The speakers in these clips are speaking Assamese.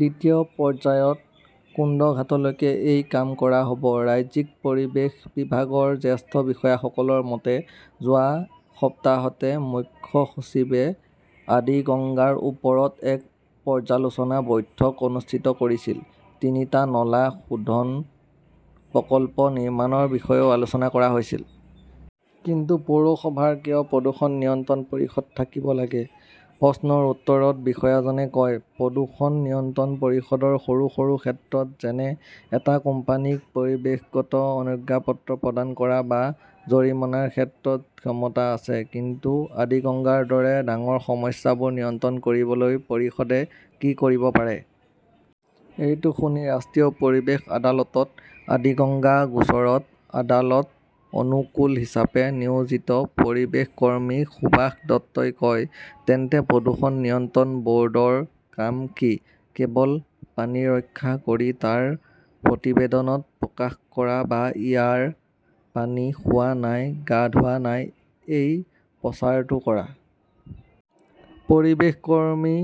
দ্বিতীয় পৰ্যায়ত কুন্দঘাটলৈকে এই কাম কৰা হ'ব। ৰাজ্যিক পৰিৱেশ বিভাগৰ জ্যেষ্ঠ বিষয়াসকলৰ মতে, যোৱা সপ্তাহতহে মুখ্য সচিবে আদিগঙ্গাৰ ওপৰত এক পৰ্যালোচনা বৈঠক অনুষ্ঠিত কৰিছিল। তিনিটা নলা শোধন প্ৰকল্প নিৰ্মাণৰ বিষয়েও আলোচনা কৰা হৈছিল। কিন্তু পৌৰসভাৰ কিয় প্ৰদূষণ নিয়ন্ত্ৰণ পৰিষদ থাকিব লাগে? প্ৰশ্নৰ উত্তৰত বিষয়াজনে কয়, প্ৰদূষণ নিয়ন্ত্ৰণ পৰিষদৰ সৰু সৰু ক্ষেত্ৰত, যেনে এটা কোম্পানীক পৰিৱেশগত অনুজ্ঞাপত্ৰ প্ৰদান কৰা বা জৰিমনাৰ ক্ষেত্ৰত ক্ষমতা আছে। কিন্তু আদিগঙ্গাৰ দৰে ডাঙৰ সমস্যাবোৰ নিয়ন্ত্ৰণ কৰিবলৈ পৰিষদে কি কৰিব পাৰে? এইটো শুনি, ৰাষ্ট্ৰীয় পৰিৱেশ আদালতত আদিগঙ্গা গোচৰত আদালত-অনুকূল হিচাপে নিয়োজিত পৰিৱেশ কৰ্মী সুভাষ দত্তই কয়, তেন্তে প্ৰদূষণ নিয়ন্ত্ৰণ ব'ৰ্ডৰ কাম কি? কেৱল পানী পৰীক্ষা কৰি তাৰ প্ৰতিবেদন প্ৰকাশ কৰা বা ইয়াৰ পানী খোৱা নাই, গা ধোৱা নাই, এই প্ৰচাৰটো কৰা? পৰিৱেশ কৰ্মী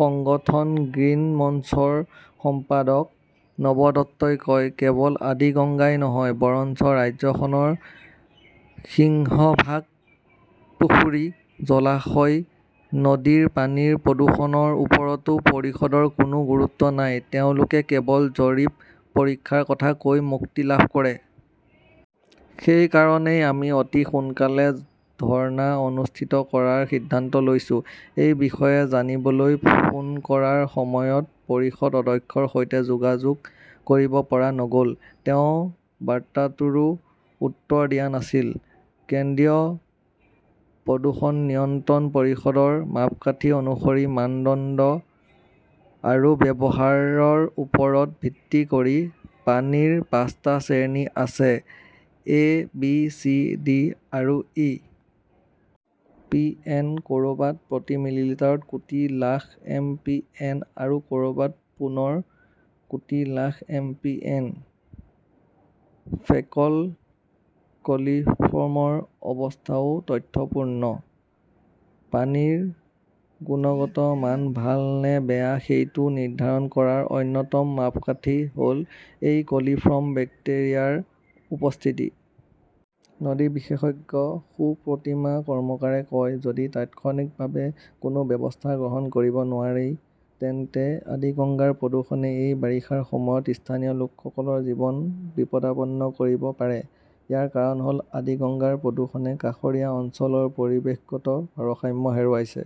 সংগঠন গ্ৰীণ মঞ্চৰ সম্পাদক নব দত্তই কয়, কেৱল আদিগংগাই নহয়, বৰঞ্চ ৰাজ্যখনৰ সিংহভাগ পুখুৰী, জলাশয়, নদীৰ পানীৰ প্ৰদূষণৰ ওপৰতো পৰিষদৰ কোনো গুৰুত্ব নাই। তেওঁলোকে কেৱল জৰীপ-পৰীক্ষাৰ কথা কৈ মুক্তি লাভ কৰে। সেই কাৰণেই আমি অতি সোনকালে ধৰ্ণা অনুষ্ঠিত কৰাৰ সিদ্ধান্ত লৈছো। এই বিষয়ে জানিবলৈ ফোন কৰাৰ সময়ত পৰিষদৰ অধ্যক্ষৰ সৈতে যোগাযোগ কৰিব পৰা নগ'ল। তেওঁ বাৰ্তাটোৰো উত্তৰ দিয়া নাছিল। কেন্দ্ৰীয় প্ৰদূষণ নিয়ন্ত্ৰণ পৰিষদৰ মাপকাঠি অনুসৰি, মানদণ্ড আৰু ব্যৱহাৰৰ ওপৰত ভিত্তি কৰি পানীৰ পাঁচটা শ্ৰেণী আছে-এ, বি, চি, ডি আৰু ই। পি. এন., ক'ৰবাত প্ৰতি মিলিটাৰত কোটি লাখ এম. পি. এন., আৰু ক'ৰবাত পুনৰ কোটি lakh M. P. N.. Faecal কলিফৰ্মৰ অৱস্থাও তথ্যপূৰ্ণ। পানীৰ গুণগত মান ভাল নে বেয়া সেইটো নিৰ্ধাৰণ কৰাৰ অন্যতম মাপকাঠি হ'ল এই কলিফৰ্ম বেক্টেৰিয়াৰ উপস্থিতি। নদী বিশেষজ্ঞ সুপ্ৰতীমা কৰ্মকাৰে কয়, যদি তাৎক্ষণিকভাৱে কোনো ব্যৱস্থা গ্ৰহণ কৰিব নোৱাৰি, তেন্তে আদিগঙ্গাৰ প্ৰদূষণে এই বাৰিষাৰ সময়ত স্থানীয় লোকসকলৰ জীৱন বিপদাপন্ন কৰিব পাৰে। ইয়াৰ কাৰণ হ'ল, আদিগঙ্গাৰ প্ৰদূষণে কাষৰীয়া অঞ্চলৰ পৰিৱেশগত ভাৰসাম্য হেৰুৱাইছে।